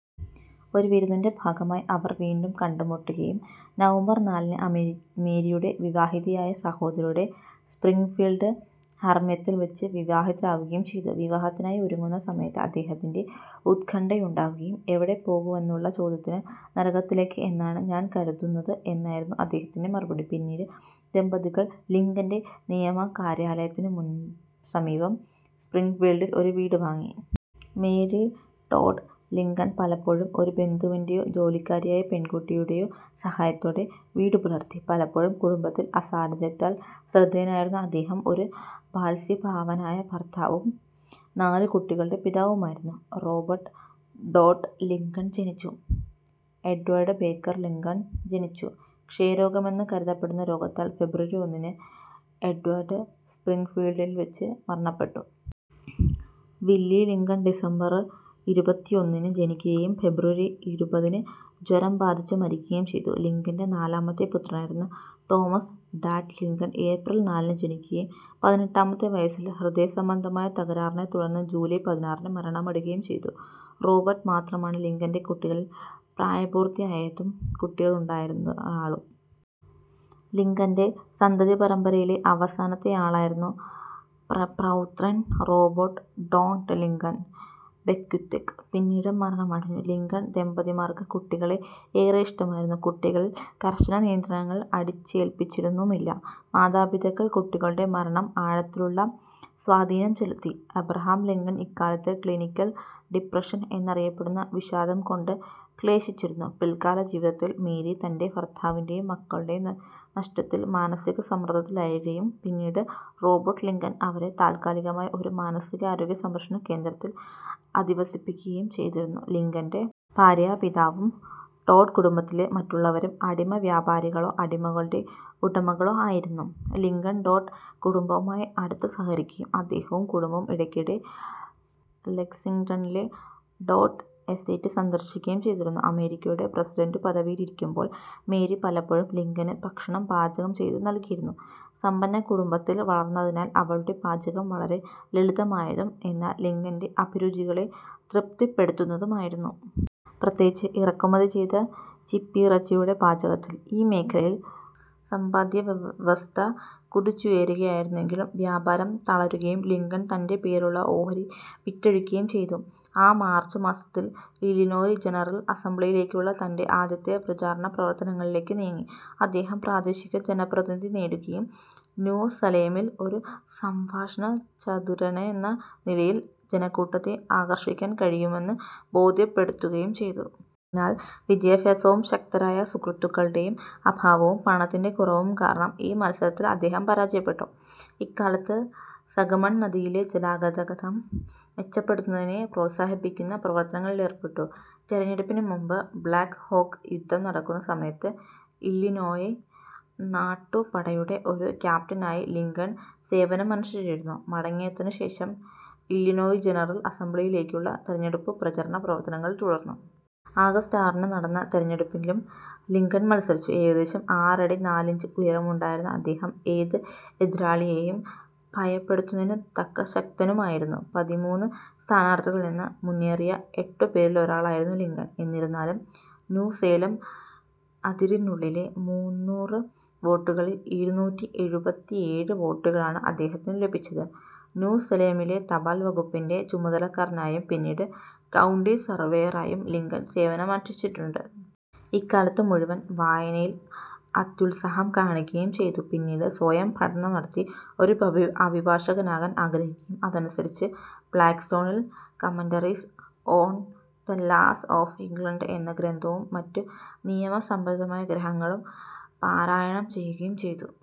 ഒരു വിരുന്നിൻ്റെ ഭാഗമായി അവർ വീണ്ടും കണ്ടുമുട്ടുകയും നവംബർ നാലിന് അമേ മേരിയുടെ വിവാഹിതയായ സഹോദരിയുടെ സ്പ്രിങ്ഫീൽഡ് ഹർമ്മ്യത്തിൽവച്ച് വിവാഹിതരാകുകയും ചെയ്തു. വിവാഹത്തിനായി ഒരുങ്ങുന്ന സമയത്ത് അദ്ദേഹത്തിന്റെ ഉത്കണ്ഠയുണ്ടാകുകയും എവിടെ പോകു എന്നുള്ള ചോദ്യത്തിന് നരകത്തിലേക്ക് എന്നാണ് ഞാൻ കരുതുന്നത് എന്നായിരുന്നു അദ്ദേഹത്തിൻ്റെ മറുപടി. പിന്നീട് ദമ്പതികൾ ലിങ്കൻ്റെ നിയമകാര്യാലയത്തിനു സമീപം സ്പ്രിങ്ഫീൽഡിൽ ഒരു വീട് വാങ്ങി. മേരി ടോഡ് ലിങ്കൺ പലപ്പോഴും ഒരു ബന്ധുവിൻ്റെ യോ ജോലിക്കാരിയായ പെൺകുട്ടിയുടെയോ സഹായത്തോടെ വീടുപുലർത്തി. പലപ്പോഴും കുടുംബത്തിൽ അസാന്നിധ്യത്താൽ ശ്രദ്ധേയനായിരുന്ന അദ്ദേഹം ഒരു ബാത്സല്യഭാനായ ഭർത്താവും നാലുകുട്ടികളുടെ പിതാവുമായിരുന്നു. റോബർട്ട് ടോട്ട് ലിങ്കൺ ജനിച്ചു. എഡ്വാർഡ് ബേക്കർ ലിങ്കൺ ജനിച്ചു. ക്ഷയരോഗമെന്ന് കരുതപ്പെടുന്ന രോഗത്താൽ ഫെബ്രുവരി ഒന്നിന് എഡ്വാർഡ് സ്പ്രിങ്ഫീൽഡിൽവെച്ച് മരണപെട്ടു വില്ലി ലിങ്കൺ ഡിസംബർ ഇരുപത്തിയൊന്നിന് ജനിക്കുകയും ഫെബ്രുവരി ഇരുപതിന് ജ്വരം ബാധിച്ച് മരിക്കുകയും ചെയ്തു. ലിങ്കൻ്റെ നാലാമത്തെ പുത്രനായിരുന്ന തോമസ് ടാഡ് ലിങ്കൺ ഏപ്രിൽ നാലിന് ജനിക്കുകയും പതിനെട്ടാമത്തെ വയസ്സിൽ ഹൃദയസംബന്ധമായ തകരാറിനെത്തുടർന്ന് ജൂലൈ പതിനാറിന് മരണമടയുകയും ചെയ്തു. റോബർട്ട് മാത്രമാണ് ലിങ്കൻ്റെ കുട്ടികളിൽ പ്രായപൂർത്തിയായതും കുട്ടികളുണ്ടായിരുന്നയാളും. ലിങ്കൻ്റെ സന്തതിപരമ്പരയിലെ അവസാനത്തെയാളായിരുന്ന പ്രപൗത്രൻ റോബർട്ട് ടോഡ് ലിങ്കൺ ബെക്ക്വിത്ത് പിന്നീട് മരണമടഞ്ഞു. ലിങ്കൺ ദമ്പതിമാർക്ക് കുട്ടികളെ ഏറെ ഇഷ്ടമായിരുന്നു. കുട്ടികളിൽ കർശനനിയന്ത്രണങ്ങൾ അടിച്ചേൽപ്പിച്ചിരുന്നുമില്ല. മാതാപിതാക്കൾ കുട്ടികളുടെ മരണം ആഴത്തിലുള്ള സ്വാധീനം ചെലുത്തി. അബ്രഹാം ലിങ്കൺ ഇക്കാലത്ത് ക്ലിനിക്കൽ ഡിപ്രഷൻ എന്നറിയപ്പെടുന്ന വിഷാദം കൊണ്ട് ക്ലേശിച്ചിരുന്നു. പിൽക്കാല ജീവിതത്തിൽ മേരി തൻ്റെ ഭർത്താവിൻ്റെ യും മക്കളുടെയും നഷ്ടത്തിൽ മാനസിക സമ്മർദ്ദത്തിൽ പിന്നീട് റോബർട്ട് ലിങ്കൺ അവരെ താൽക്കാലികമായി ഒരു മാനസികാരോഗ്യ സംരക്ഷണകേന്ദ്രത്തിൽ അധിവസിപ്പിക്കുകയും ചെയ്തിരുന്നു. ലിങ്കൻ്റെ ഭാര്യാപിതാവും ടോഡ് കുടുംബത്തിലെ മറ്റുള്ളവരും അടിമവ്യാപാരികളോ അടിമകളുടെ ഉടമകളോ ആയിരുന്നു. ലിങ്കൺ ടോഡ് കുടുംബവുമായി അടുത്ത് സഹകരിക്കുകയും അദ്ദേഹവും കുടുംബവും ഇടയ്ക്കിടെ ലെക്സിങ്ടണിലെ ടോഡ് എസ്റ്റേറ്റ് സന്ദർശിക്കുകയും ചെയ്തിരുന്നു. അമേരിക്കയുടെ പ്രസിഡന്റുപദവിയിലിരിക്കുമ്പോൾ മേരി പലപ്പോഴും ലിങ്കന് ഭക്ഷണം പാചകം ചെയ്ത് നൽകിയിരുന്നു. സമ്പന്നകുടുംബത്തിൽ വളർന്നതിനാൽ അവളുടെ പാചകം വളരെ ലളിതമായതും എന്നാൽ ലിങ്കൻ്റെ അഭിരുചികളെ തൃപ്തിപ്പെടുത്തുന്നതുമായിരുന്നു. പ്രത്യേകിച്ച് ഇറക്കുമതി ചെയ്ത ചിപ്പിയിറച്ചിയുടെ പാചകത്തിൽ.ഈ മേഖലയിൽ സമ്പദ്വ്യവസ്ഥ കുതിച്ചുയരുകയായിരുന്നെങ്കിലും വ്യാപാരം തളരുകയും ലിങ്കൺ തൻ്റെ പേരുള്ള ഓഹരി വിറ്റഴിക്കുകയും ചെയ്തു. ആ മാർച്ച് മാസത്തിൽ ഇലിനോയി ജനറൽ അസംബ്ലിയിലേക്കുള്ള തൻ്റെ ആദ്യത്തെ പ്രചാരണ പ്രവർത്തനത്തിലേക്ക് നീങ്ങി. അദ്ദേഹം പ്രാദേശിക ജനപ്രതിനിതി നേടുകയും ന്യൂ സലേമിൽ ഒരു സംഭാഷണചതുരനെന്ന നിലയിൽ ജനക്കൂട്ടത്തെ ആകർഷിക്കാൻ കഴിയുമെന്ന് ബോധ്യപ്പെടുത്തുകയും ചെയ്തു. എന്നാൽ വിദ്യാഭ്യാസവും ശക്തരായ സുഹൃത്തുക്കളുടെ അഭാവവും പണത്തിൻ്റെ കുറവും കാരണം ഈ മത്സരത്തിൽ അദ്ദേഹം പരാജയപ്പെട്ടു. ഇക്കാലത്ത് സഗമൺ നദിയിലെ ജലഗതാഗതം മെച്ചപ്പെടുത്തുന്നതിനെ പ്രോത്സാഹിപ്പിക്കുന്ന പ്രവർത്തനങ്ങളിലേർപ്പെട്ടു. തെരഞ്ഞെടുപ്പിന് മുമ്പ് ബ്ലാക്ക് ഹോക്ക് യുദ്ധം നടക്കുന്ന സമയത്ത് ഇല്ലിനോയി നാട്ടുപടയുടെ ഒരു ക്യാപ്റ്റനായി ലിങ്കൺ സേവനമനുഷ്ഠിച്ചിരുന്നു. മടങ്ങിയെത്തുന്നശേഷം ഇല്ലിനോയി ജനറൽ അസംബ്ലിയിലേക്കുള്ള തെരഞ്ഞെടുപ്പ് പ്രചരണ പ്രവർത്തനങ്ങൾ തുടർന്നു. ആഗസ്റ്റ് ആറിന് നടന്ന തെരഞ്ഞെടുപ്പിലും ലിങ്കൺ മത്സരിച്ചു. ഏകദേശം ആറടി നാലിഞ്ച് ഉയരമുണ്ടായിരുന്ന അദ്ദേഹം ഏത് എതിരാളിയേയും ഭയപ്പെടുത്തുന്നതിനുതക്ക ശക്തനുമായിരുന്നു. പതിമൂന്ന് സ്ഥാനാർത്ഥികളിൽ നിന്ന് മുന്നേറിയ എട്ടുപേരിലൊരാളായിരുന്നു ലിങ്കൺ. എന്നിരുന്നാലും ന്യൂ സേലം അതിരിനുള്ളിലെ മുന്നൂറ് വോട്ടുകളിൽ ഇരുനൂറ്റി എഴുപത്തിയേഴ് വോട്ടുകളാണ് അദ്ദേഹത്തിനു ലഭിച്ചത്.ന്യൂ സേലമിലെ തപാൽ വകുപ്പിൻ്റെ ചുമതലക്കാരനായും പിന്നീട് കൗണ്ടി സർവേയറായും ലിങ്കൺ സേവനം അനുഷ്ഠിച്ചിട്ടുണ്ട്. ഇക്കാലത്തുമുഴുവൻ വായനയിൽ അത്യുത്സാഹം കാണിക്കുകയും ചെയ്തു. പിന്നീട് സ്വയം പഠനം നടത്തി ഒരു ഭവി അഭിഭാഷകനാകാൻ ആഗ്രഹിക്കുകയും അതനുസരിച്ച് ബ്ലാക്ക്സോണിൽ commentaries on the laws of England എന്ന ഗ്രന്ഥവും മറ്റു നിയമസംബന്ധിയായ ഗ്രഹങ്ങളും പാരായണം ചെയ്യുകയും ചെയ്തു.